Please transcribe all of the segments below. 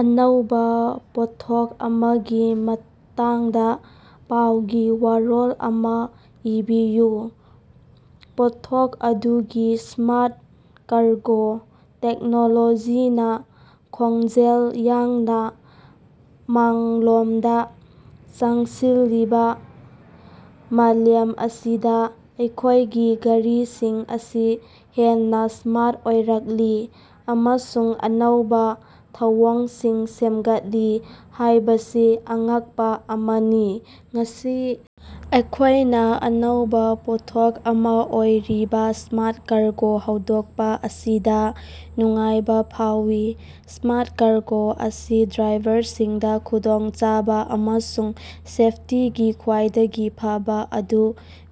ꯑꯅꯧꯕꯥ ꯄꯣꯠꯊꯣꯛ ꯑꯃꯒꯤ ꯃꯇꯥꯡꯗ ꯄꯥꯎꯒꯤ ꯋꯥꯔꯣꯜ ꯑꯃ ꯏꯕꯤꯌꯨ꯫ ꯄꯣꯠꯊꯣꯛ ꯑꯗꯨꯗꯤ ꯁ꯭ꯃꯥꯔꯠ ꯀꯥꯔꯒꯣ꯫ ꯇꯦꯛꯅꯣꯂꯣꯖꯤꯅꯥ ꯈꯣꯡꯖꯦꯜ ꯌꯥꯡꯅ ꯃꯥꯡꯂꯣꯝꯗ ꯆꯪꯁꯤꯜꯂꯤꯕ ꯃꯥꯂꯦꯝ ꯑꯁꯤꯗ ꯑꯩꯈꯣꯏꯒꯤ ꯒꯥꯔꯤꯁꯤꯡ ꯑꯁꯤ ꯍꯦꯟꯅ ꯁ꯭ꯃꯥꯔꯠ ꯑꯣꯏꯔꯛꯂꯤ ꯑꯃꯁꯨꯡ ꯑꯅꯧꯕꯥ ꯊꯧꯑꯣꯡꯁꯤꯡ ꯁꯦꯝꯒꯠꯂꯤ ꯍꯥꯏꯕꯁꯤ ꯑꯉꯛꯄꯥ ꯑꯃꯅꯤ꯫ ꯉꯁꯤ ꯑꯩꯈꯣꯏꯅ ꯑꯅꯧꯕꯥ ꯄꯣꯠꯊꯣꯛ ꯑꯃ ꯑꯣꯏꯔꯤꯕ ꯁ꯭ꯃꯥꯔꯠ ꯀꯥꯔꯒꯣ ꯍꯧꯗꯣꯛꯄ ꯑꯁꯤꯗ ꯅꯨꯡꯉꯥꯏꯕ ꯐꯥꯎꯏ ꯫ ꯁ꯭ꯃꯥꯔꯠ ꯀꯥꯔꯒꯣ ꯑꯁꯤ ꯗ꯭ꯔꯥꯏꯚꯔꯁꯤꯡꯗ ꯈꯨꯗꯣꯡꯆꯥꯕ ꯑꯃꯁꯨꯡ ꯁꯦꯐꯇꯤꯒꯤ ꯈ꯭ꯋꯥꯏꯗꯒꯤ ꯐꯕꯥ ꯑꯗꯨ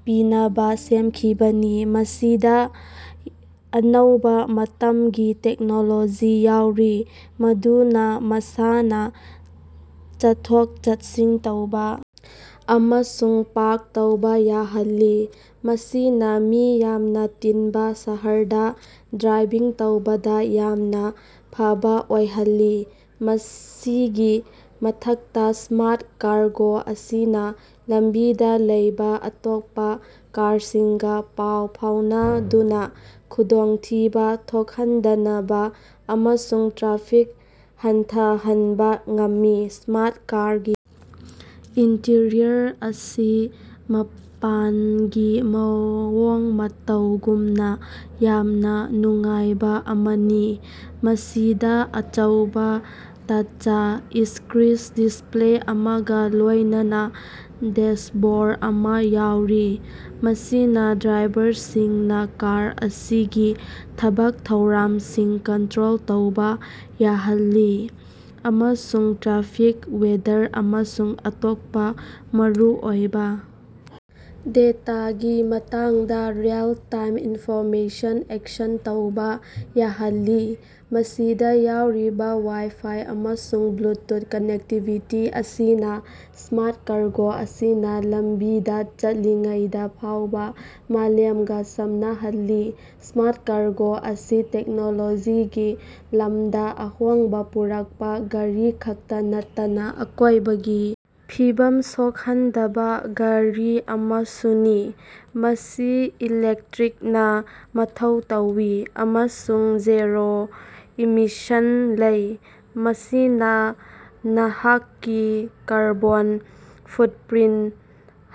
ꯄꯤꯅꯕ ꯁꯦꯝꯈꯤꯕꯅꯤ꯫ ꯃꯁꯤꯗ ꯑꯅꯧꯕ ꯃꯇꯝꯒꯤ ꯇꯦꯛꯅꯣꯂꯣꯖꯤ ꯌꯥꯎꯔꯤ ꯃꯗꯨꯅ ꯃꯁꯥꯅ ꯆꯠꯊꯣꯛ-ꯆꯠꯁꯤꯟ ꯇꯧꯕ ꯑꯃꯁꯨꯡ ꯄꯥꯔꯛ ꯇꯧꯕ ꯌꯥꯍꯜꯂꯤ, ꯃꯁꯤꯅ ꯃꯤ ꯌꯥꯝꯅ ꯇꯤꯟꯕ ꯁꯍꯔꯗ ꯗ꯭ꯔꯥꯏꯚꯤꯡ ꯇꯧꯕꯗ ꯌꯥꯝꯅ ꯐꯕ ꯑꯣꯏꯍꯜꯂꯤ꯫ ꯃꯁꯤꯒꯤ ꯃꯊꯛꯇ ꯁ꯭ꯃꯥꯔꯠ ꯀꯥꯔꯒꯣ ꯑꯁꯤꯅ ꯂꯝꯕꯤꯗ ꯂꯩꯕ ꯑꯇꯣꯞꯄ ꯀꯥꯔꯁꯤꯡꯒ ꯄꯥꯎ ꯐꯥꯎꯅꯗꯨꯅ ꯈꯨꯗꯣꯡꯊꯤꯕ ꯊꯣꯛꯍꯟꯗꯅꯕ ꯑꯃꯁꯨꯡ ꯇ꯭ꯔꯥꯐꯤꯛ ꯍꯟꯊꯍꯟꯕ ꯉꯝꯃꯤ꯫ ꯁ꯭ꯃꯥꯔꯠ ꯀꯥꯔꯒꯤ ꯏꯟꯇꯤꯔꯤꯌꯔ ꯑꯁꯤ ꯃꯄꯥꯟꯒꯤ ꯃꯑꯣꯡ ꯃꯇꯧꯒꯨꯝꯅ ꯌꯥꯝꯅ ꯅꯨꯡꯉꯥꯏꯕ ꯑꯃꯅꯤ꯫ ꯃꯁꯤꯗ ꯑꯆꯧꯕ ꯇꯆ ꯏꯁꯀ꯭ꯔꯤꯁ ꯗꯤꯁꯄꯂꯦ ꯑꯃꯒ ꯂꯣꯏꯅꯅ ꯗꯦꯁꯕꯣꯔ ꯑꯃ ꯌꯥꯎꯔꯤ, ꯃꯁꯤꯅ ꯗ꯭ꯔꯥꯏꯚꯔꯁꯤꯡꯅꯥ ꯀꯥꯔ ꯑꯁꯤꯒꯤ ꯊꯕꯛ ꯊꯧꯔꯝꯁꯤꯡ ꯀꯟꯇꯔꯣꯜ ꯇꯧꯕ ꯌꯥꯍꯜꯂꯤ ꯑꯃꯁꯨꯡ ꯇ꯭ꯔꯥꯐꯤꯛ, ꯋꯦꯗꯔ ꯑꯃꯁꯨꯡ ꯑꯇꯣꯞꯄ ꯃꯔꯨꯑꯣꯏꯕ ꯗꯦꯇꯥꯒꯤ ꯃꯇꯥꯡꯗ ꯔꯤꯑꯦꯜ-ꯇꯥꯏꯝ ꯏꯟꯐꯣꯔꯃꯦꯁꯟ ꯑꯦꯛꯁꯦꯁ ꯇꯧꯕ ꯌꯥꯍꯜꯂꯤ꯫ ꯃꯁꯤꯗ ꯌꯥꯎꯔꯤꯕ ꯋꯥꯏ-ꯐꯥꯏ ꯑꯃꯁꯨꯡ ꯕ꯭ꯂꯨꯇꯨꯊ ꯀꯅꯦꯛꯇꯤꯕꯤꯇꯤ ꯑꯁꯤꯅ ꯁ꯭ꯃꯥꯔꯠ ꯀꯥꯔꯒꯣ ꯑꯁꯤꯅ ꯂꯝꯕꯤꯗ ꯆꯠꯂꯤꯉꯩꯗ ꯐꯥꯎꯕ ꯃꯥꯂꯦꯝꯒ ꯁꯝꯅꯍꯜꯂꯤ꯫ ꯁ꯭ꯃꯥꯔꯠ ꯀꯥꯔꯒꯣ ꯑꯁꯤ ꯇꯦꯛꯅꯣꯂꯣꯖꯤꯒꯤ ꯂꯝꯗ ꯑꯍꯣꯡꯕ ꯄꯨꯔꯛꯄ ꯒꯥꯔꯤ ꯈꯛꯇ ꯅꯠꯇꯅ ꯑꯀꯣꯏꯕꯒꯤ ꯐꯤꯕꯝ ꯁꯣꯛꯍꯟꯗꯕ ꯒꯥꯔꯤ ꯑꯃꯁꯨꯅꯤ꯫ ꯃꯁꯤ ꯏꯂꯦꯛꯇꯔꯤꯛꯅ ꯃꯊꯧ ꯇꯧꯏ ꯑꯃꯁꯨꯡ ꯖꯤꯔꯣ ꯏꯃꯤꯁꯟ ꯂꯩ, ꯃꯁꯤꯅ ꯅꯍꯥꯛꯀꯤ ꯀꯥꯔꯕꯣꯟ ꯐꯨꯠꯄꯔꯤꯟꯇ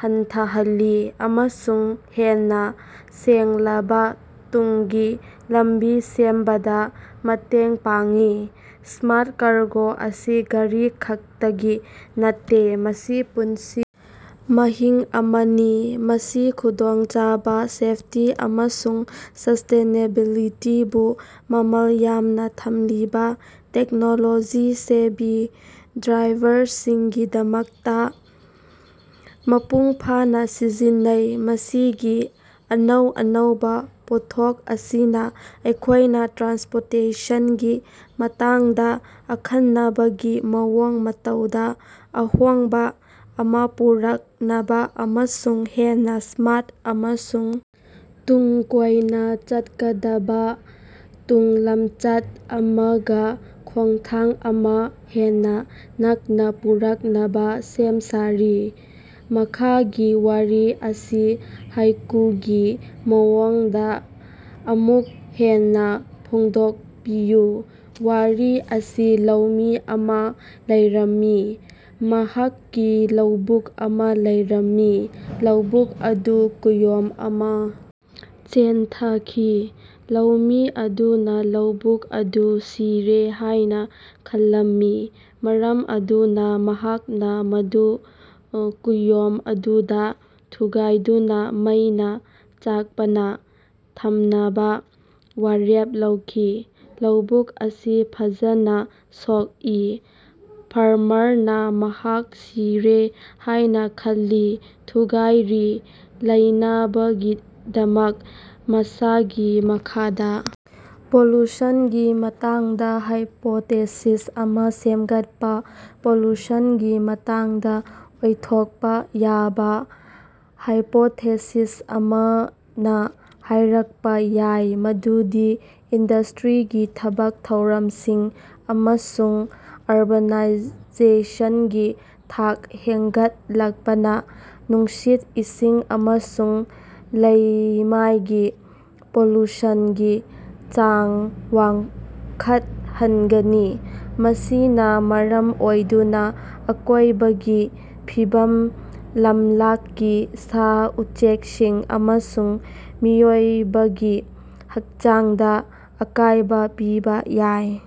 ꯍꯟꯊꯍꯜꯂꯤ ꯑꯃꯁꯨꯡ ꯍꯦꯟꯅ ꯁꯦꯡꯂꯕ ꯇꯨꯡꯒꯤ ꯂꯝꯕꯤ ꯁꯦꯝꯕꯗ ꯃꯇꯦꯡ ꯄꯥꯡꯏ꯫ ꯁ꯭ꯃꯥꯔꯠ ꯀꯥꯔꯒꯣ ꯑꯁꯤ ꯒꯥꯔꯤ ꯈꯛꯇꯒꯤ ꯅꯠꯇꯦ, ꯃꯁꯤ ꯄꯨꯟꯁꯤ ꯃꯍꯤꯡ ꯑꯃꯅꯤ꯫ ꯃꯁꯤ ꯈꯨꯗꯣꯡꯆꯥꯕ, ꯁꯦꯐꯇꯤ, ꯑꯃꯁꯨꯡ ꯁꯁ꯭ꯇꯦꯅꯦꯕꯤꯂꯤꯇꯤꯕꯨ ꯃꯃꯜ ꯌꯥꯝꯅꯥ ꯊꯝꯂꯤꯕꯥ ꯇꯦꯛꯅꯣꯂꯣꯖꯤ-ꯁꯦꯚꯤ ꯗ꯭ꯔꯥꯏꯚꯔꯁꯤꯡꯒꯤꯗꯃꯛꯇ ꯃꯄꯨꯡ ꯐꯥꯅ ꯁꯤꯖꯤꯟꯅꯩ꯫ ꯃꯁꯤꯒꯤ ꯑꯅꯧ ꯑꯅꯧꯕ ꯄꯣꯠꯊꯣꯛ ꯑꯁꯤꯅ ꯑꯩꯈꯣꯏꯅ ꯇ꯭ꯔꯥꯟꯁꯄꯣꯔꯇꯦꯁꯟꯒꯤ ꯃꯇꯥꯡꯗ ꯑꯈꯟꯅꯕꯒꯤ ꯃꯑꯣꯡ ꯃꯇꯧꯗ ꯑꯍꯣꯡꯕ ꯑꯃ ꯄꯨꯔꯛꯅꯕ ꯑꯃꯁꯨꯡ ꯍꯦꯟꯅ ꯁ꯭ꯃꯥꯔꯠ ꯑꯃꯁꯨꯡ ꯇꯨꯡ ꯀꯣꯏꯅ ꯆꯠꯀꯗꯕ ꯇꯨꯡꯂꯝꯆꯠ ꯑꯃꯒ ꯈꯣꯡꯊꯥꯡ ꯑꯃ ꯍꯦꯟꯅ ꯅꯛꯅ ꯄꯨꯔꯛꯅꯕ ꯁꯦꯝ ꯁꯥꯔꯤ꯫ ꯃꯈꯥꯒꯤ ꯋꯥꯔꯤ ꯑꯁꯤ ꯍꯥꯏꯀꯨꯒꯤ ꯃꯑꯣꯡꯗ ꯑꯃꯨꯛ ꯍꯟꯅ ꯐꯣꯡꯗꯣꯛꯄꯤꯌꯨ꯫ ꯋꯥꯔꯤ ꯑꯁꯤ ꯂꯧꯃꯤ ꯑꯃ ꯂꯩꯔꯝꯃꯤ, ꯃꯍꯥꯛꯀꯤ ꯂꯧꯕꯨꯛ ꯑꯃ ꯂꯩꯔꯝꯃꯤ꯫ ꯂꯧꯕꯨꯛ ꯑꯗꯨ ꯀꯨꯌꯣꯝ ꯑꯃ ꯆꯦꯟꯊꯈꯤ꯫ ꯂꯧꯃꯤ ꯑꯗꯨꯅ ꯂꯧꯕꯨꯛ ꯑꯗꯨ ꯁꯤꯔꯦ ꯍꯥꯏꯅ ꯈꯜꯂꯝꯃꯤ, ꯃꯔꯝ ꯑꯗꯨꯅ ꯃꯍꯥꯛꯅ ꯃꯗꯨ ꯀꯨꯌꯣꯝ ꯑꯗꯨꯗ ꯊꯨꯒꯥꯏꯗꯨꯅ ꯃꯩꯅꯥ ꯆꯥꯛꯄꯅ ꯊꯝꯅꯕ ꯋꯥꯔꯦꯞ ꯂꯧꯈꯤ꯫ ꯂꯧꯕꯨꯛ ꯑꯁꯤ ꯐꯖꯅ ꯁꯣꯛꯏ, ꯐꯥꯔꯃꯔꯅ ꯃꯍꯥꯛ ꯁꯤꯔꯦ ꯍꯥꯏꯅ ꯈꯜꯂꯤ, ꯊꯨꯒꯥꯏꯔꯤ, ꯂꯩꯅꯕꯒꯤꯗꯃꯛ ꯃꯩꯁꯥꯒꯤ ꯃꯈꯥꯗ꯫ ꯄꯣꯂꯨꯁꯟꯒꯤ ꯃꯇꯥꯡꯗ ꯍꯥꯏꯄꯣꯇꯦꯁꯤꯁ ꯑꯃ ꯁꯦꯝꯒꯠꯄ꯫ ꯄꯣꯂꯨꯁꯟꯒꯤ ꯃꯇꯥꯡꯗ ꯑꯣꯏꯊꯣꯛꯄꯥ ꯌꯥꯕꯥ ꯍꯥꯏꯄꯣꯊꯦꯁꯤꯁ ꯑꯃꯅ ꯍꯥꯏꯔꯛꯄ ꯌꯥꯏ ꯃꯗꯨꯗꯤ ꯏꯟꯗꯁ꯭ꯠꯔꯤꯒꯤ ꯊꯕꯛ ꯊꯧꯔꯝꯁꯤꯡ ꯑꯃꯁꯨꯡ ꯑꯔꯕꯥꯅꯥꯏꯖꯦꯁꯟꯒꯤ ꯊꯥꯛ ꯍꯦꯟꯒꯠꯂꯛꯄꯅ ꯅꯨꯡꯁꯤꯠ, ꯏꯁꯤꯡ ꯑꯃꯁꯨꯡ ꯂꯩꯃꯥꯏꯒꯤ ꯄꯣꯂꯨꯁꯟꯒꯤ ꯆꯥꯡ ꯋꯥꯡꯈꯠꯍꯟꯒꯅꯤ, ꯃꯁꯤꯅꯥ ꯃꯔꯝ ꯑꯣꯏꯗꯨꯅꯥ ꯑꯀꯣꯏꯕꯒꯤ ꯐꯤꯕꯝ, ꯂꯝꯂꯛꯀꯤ ꯁꯥ-ꯎꯆꯦꯛꯁꯤꯡ ꯑꯃꯁꯨꯡ ꯃꯤꯑꯣꯏꯕꯒꯤ ꯍꯛꯆꯥꯡꯗ ꯑꯀꯥꯏꯕ ꯄꯤꯕ ꯌꯥꯏ꯫